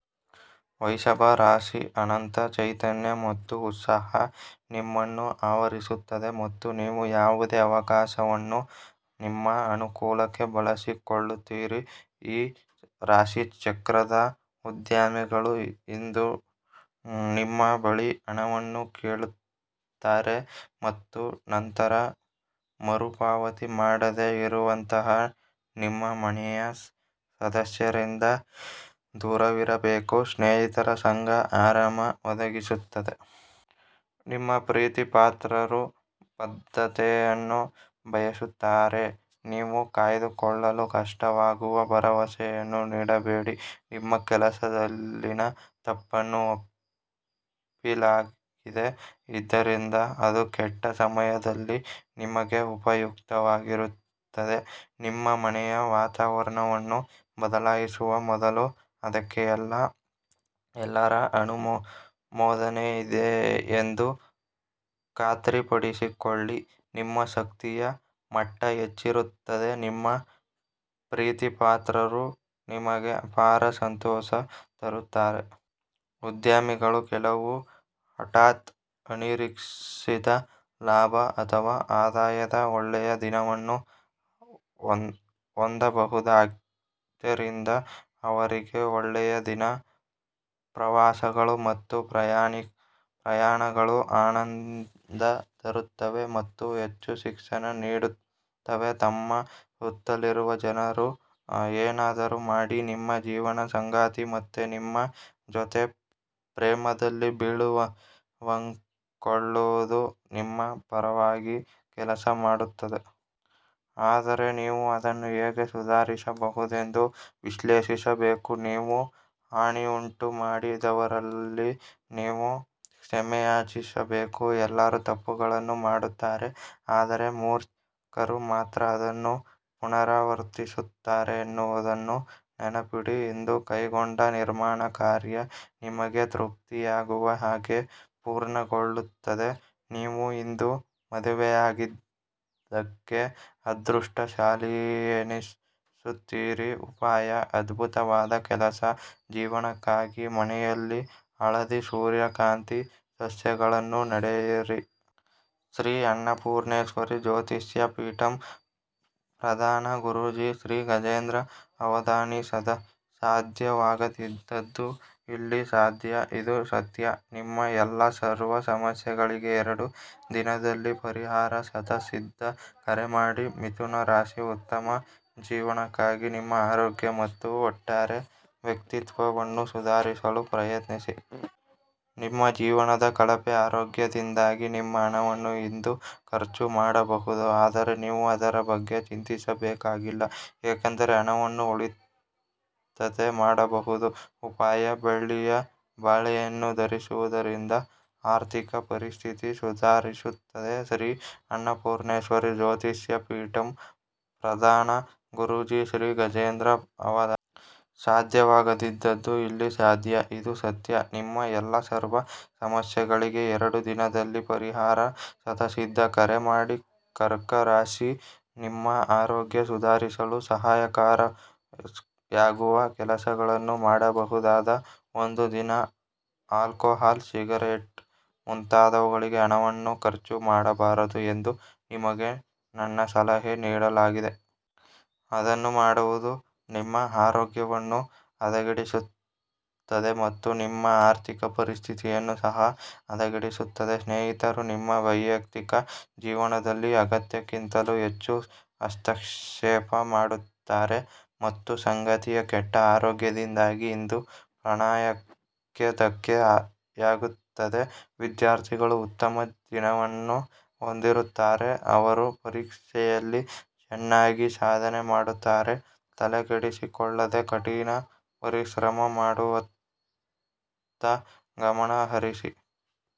ವೃಷಭ ರಾಶಿ: ಅನಂತ ಚೈತನ್ಯ ಮತ್ತು ಉತ್ಸಾಹ ನಿಮ್ಮನ್ನು ಆವರಿಸುತ್ತದೆ ಮತ್ತು ನೀವು ಯಾವುದೇ ಅವಕಾಶವನ್ನು ನಿಮ್ಮ ಅನುಕೂಲಕ್ಕೆ ಬಳಸಿಕೊಳ್ಳುತ್ತೀರಿ. ಈ ರಾಶಿಚಕ್ರದ ಉದ್ಯಮಿಗಳು, ಇಂದು ನಿಮ್ಮ ಬಳಿ ಹಣವನ್ನು ಕೇಳುತ್ತಾರೆ ಮತ್ತು ನಂತರ ಮರುಪಾವತಿ ಮಾಡದೇ ಇರುವಂತಹ ನಿಮ್ಮ ಮನೆಯ ಸದಸ್ಯರಿಂದ ದೂರವಿರಬೇಕು ಸ್ನೇಹಿತರ ಸಂಗ ಆರಾಮ ಒದಗಿಸುತ್ತದೆ. ನಿಮ್ಮ ಪ್ರೀತಿಪಾತ್ರರು ಬದ್ಧತೆಯನ್ನು ಬಯಸುತ್ತಾರೆ. ನೀವು ಕಾಯ್ದುಕೊಳ್ಳಲು ಕಷ್ಟವಾಗುವ ಭರವಸೆಯನ್ನು ನೀಡಬೇಡಿ. ನಿಮ್ಮ ಕೆಲಸದಲ್ಲಿನ ತಪ್ಪನ್ನು ಒಪ್ಪಿಲಾಗಿದೆ ಇದರಿಂದ ಅದು ಕೆಟ್ಟ ಸಮಯದಲ್ಲಿ ನಿಮಗೆ ಉಪಯುಕ್ತವಾಗಿರುತ್ತದೆ. ನಿಮ್ಮ ಮನೆಯ ವಾತಾವರಣವನ್ನು ಬದಲಾಯಿಸುವ ಮೊದಲು ಅದಕ್ಕೆ ಎಲ್ಲರ ಅನುಮೋದನೆಯಿದೆಯೆಂದು ಖಾತ್ರಿಪಡಿಸಿಕೊಳ್ಳಿ. ನಿಮ್ಮ ಶಕ್ತಿಯ ಮಟ್ಟ ಹೆಚ್ಚಿರುತ್ತದೆ ನಿಮ್ಮ ಪ್ರೀತಿಪಾತ್ರರು ನಿಮಗೆ ಅಪಾರ ಸಂತೋಷ ತರುತ್ತಾರೆ. ಉದ್ಯಮಿಗಳು ಕೆಲವು ಹಠಾತ್ ಅನಿರೀಕ್ಷಿತ ಲಾಭ ಅಥವಾ ಆದಾಯದ ಒಳ್ಳೆಯ ದಿನವನ್ನು ಹೊಂದಬಹುದಾದ್ದರಿಂದ ಅವರಿಗೆ ಒಳ್ಳೆಯ ದಿನ. ಪ್ರವಾಸಗಳು ಮತ್ತು ಪ್ರಯಾಣಗಳು ಆನಂದ ತರುತ್ತವೆ ಮತ್ತು ಹೆಚ್ಚು ಶಿಕ್ಷಣ ನೀಡುತ್ತವೆ. ನಿಮ್ಮ ಸುತ್ತಲಿರುವ ಜನರು ಏನಾದರೂ ಮಾಡಿ ನಿಮ್ಮ ಜೀವನ ಸಂಗಾತಿ ಮತ್ತೆ ನಿಮ್ಮ ಜೊತೆ ಪ್ರೇಮದಲ್ಲಿ ಬೀಳುವಂಕೊಳ್ಳುವುದು ನಿಮ್ಮ ಪರವಾಗಿ ಕೆಲಸ ಮಾಡುತ್ತದೆ. ಆದರೆ ನೀವು ಅದನ್ನು ಹೇಗೆ ಸುಧಾರಿಸಬಹುದೆಂದು ವಿಶ್ಲೇಷಿಸಬೇಕು. ನೀವು ಹಾನಿಯುಂಟುಮಾಡಿದವರಲ್ಲಿ ನೀವು ಕ್ಷಮೆಯಾಚಿಸಬೇಕು. ಎಲ್ಲರೂ ತಪ್ಪುಗಳನ್ನು ಮಾಡುತ್ತಾರೆ ಆದರೆ ಮೂರ್ಖರು ಮಾತ್ರ ಅದನ್ನು ಪುನರಾವರ್ತಿಸುತ್ತಾರೆನ್ನುವುದನ್ನು ನೆನಪಿಡಿ. ಇಂದು ಕೈಗೊಂಡ ನಿರ್ಮಾಣ ಕಾರ್ಯ ನಿಮಗೆ ತೃಪ್ತಿಯಾಗುವ ಹಾಗೆ ಪೂರ್ಣಗೊಳ್ಳುತ್ತದೆ. ನೀವು ಇಂದು ಮದುವೆಯಾಗಿದ್ದಕ್ಕೆ ಅದೃಷ್ಟಶಾಲಿಗಳೆನಿಸುತ್ತೀರಿ. ಉಪಾಯ:- ಅದ್ಭುತವಾದ ಕೆಲಸ-ಜೀವನಕ್ಕಾಗಿ ಮನೆಯಲ್ಲಿ ಹಳದಿ ಸೂರ್ಯಕಾಂತಿ ಸಸ್ಯಗಳನ್ನು ನೆಡೆಯಿರಿ. ಶ್ರೀ ಅನ್ನಪೂರ್ಣೇಶ್ವರಿ ಜ್ಯೋತಿಷ್ಯ ಪೀಠಂ, ಪ್ರಧಾನ ಗುರೂಜಿ ಶ್ರೀ ಗಜೇಂದ್ರ ಅವಧಾನಿ. ಸಾಧ್ಯವಾಗದಿದ್ದದ್ದು ಇಲ್ಲಿ ಸಾಧ್ಯ. ಇದು ಸತ್ಯ ನಿಮ್ಮ ಎಲ್ಲಾ ಸರ್ವ ಸಮಸ್ಯೆಗಳಿಗೆ ಎರಡು ದಿನದಲ್ಲಿ ಪರಿಹಾರ ಶತಸಿದ್ಧ. ಕರೆ ಮಾಡಿ ಮಿಥುನ ರಾಶಿ: ಉತ್ತಮ ಜೀವನಕ್ಕಾಗಿ ನಿಮ್ಮ ಆರೋಗ್ಯ ಮತ್ತು ಒಟ್ಟಾರೆ ವ್ಯಕ್ತಿತ್ವವನ್ನು ಸುಧಾರಿಸಲು ಪ್ರಯತ್ನಿಸಿ. ನಿಮ್ಮ ಜೀವನದ ಕಳಪೆ ಆರೋಗ್ಯದಿಂದಾಗಿ, ನಿಮ್ಮ ಹಣವನ್ನು ಇಂದು ಖರ್ಚು ಮಾಡಬಹುದು, ಆದರೆ ನೀವು ಅದರ ಬಗ್ಗೆ ಚಿಂತಿಸಬೇಕಾಗಿಲ್ಲ ಏಕೆಂದರೆ ಹಣವನ್ನು ಉಳಿತತೆ ಮಾಡಬಹುದು. ಉಪಾಯ: ಬೆಳ್ಳಿಯ ಬಾಲೆಯನ್ನು ಧರಿಸುವುದರಿಂದ ಆರ್ಥಿಕ ಪರಿಸ್ಥಿತಿ ಸುಧಾರಿಸುತ್ತದೆ. ಶ್ರೀ ಅನ್ನಪೂರ್ಣೇಶ್ವರಿ ಜ್ಯೋತಿಷ್ಯ ಪೀಠಂ, ಪ್ರಧಾನ ಗುರೂಜಿ ಶ್ರೀ ಗಜೇಂದ್ರ ಅವಧಾನಿ. ಸಾಧ್ಯವಾಗದಿದ್ದದ್ದು ಇಲ್ಲಿ ಸಾಧ್ಯ. ಇದು ಸತ್ಯ ನಿಮ್ಮ ಎಲ್ಲಾ ಸರ್ವ ಸಮಸ್ಯೆಗಳಿಗೆ ಎರಡು ದಿನದಲ್ಲಿ ಪರಿಹಾರ ಶತಸಿದ್ಧ. ಕರೆ ಮಾಡಿ ಕರ್ಕ ರಾಶಿ: ನಿಮ್ಮ ಆರೋಗ್ಯ ಸುಧಾರಿಸಲು ಸಹಕಾರಿಯಾಗುವ ಕೆಲಸಗಳನ್ನು ಮಾಡಬಹುದಾದ ಒಂದು ದಿನ. ಆಲ್ಕೋಹಾಲ್ ಸಿಗರೇಟ್ ಮುಂತಾದವುಗಳಿಗೆ ಹಣವನ್ನು ಖರ್ಚು ಮಾಡಬಾರದು ಎಂದು ನಿಮಗೆ ನನ್ನ ಸಲಹೆ ನೀಡಲಾಗಿದೆ. ಅದನ್ನು ಮಾಡುವುದು ನಿಮ್ಮ ಆರೋಗ್ಯವನ್ನು ಹದಗೆಡಿಸುತ್ತದೆ ಮತ್ತು ನಿಮ್ಮ ಆರ್ಥಿಕ ಪರಿಸ್ಥಿತಿಯನ್ನು ಸಹ ಹದಗೆಡಿಸುತ್ತದೆ. ಸ್ನೇಹಿತರು ನಿಮ್ಮ ವೈಯಕ್ತಿಕ ಜೀವನದಲ್ಲಿ ಅಗತ್ಯಕ್ಕಿಂತಲೂ ಹೆಚ್ಚು ಹಸ್ತಕ್ಷೇಪ ಮಾಡುತ್ತಾರೆ. ನಿಮ್ಮ ಸಂಗಾತಿಯ ಕೆಟ್ಟ ಆರೋಗ್ಯದಿಂದಾಗಿ ಇಂದು ಪ್ರಣಯಕ್ಕೆ ಧಕ್ಕೆಯಾಗುತ್ತದೆ. ವಿದ್ಯಾರ್ಥಿಗಳು ಉತ್ತಮ ದಿನವನ್ನು ಹೊಂದಿರುತ್ತಾರೆ. ಅವರು ಪರೀಕ್ಷೆಯಲ್ಲಿ ಚೆನ್ನಾಗಿ ಸಾಧನೆ ಮಾಡುತ್ತಾರೆ. ತಲೆಕೆಡಿಸಿಕೊಳ್ಳದೇ ಕಠಿಣ ಪರಿಶ್ರಮ ಮಾಡುವತ್ತ ಗಮನ ಹರಿಸಿ.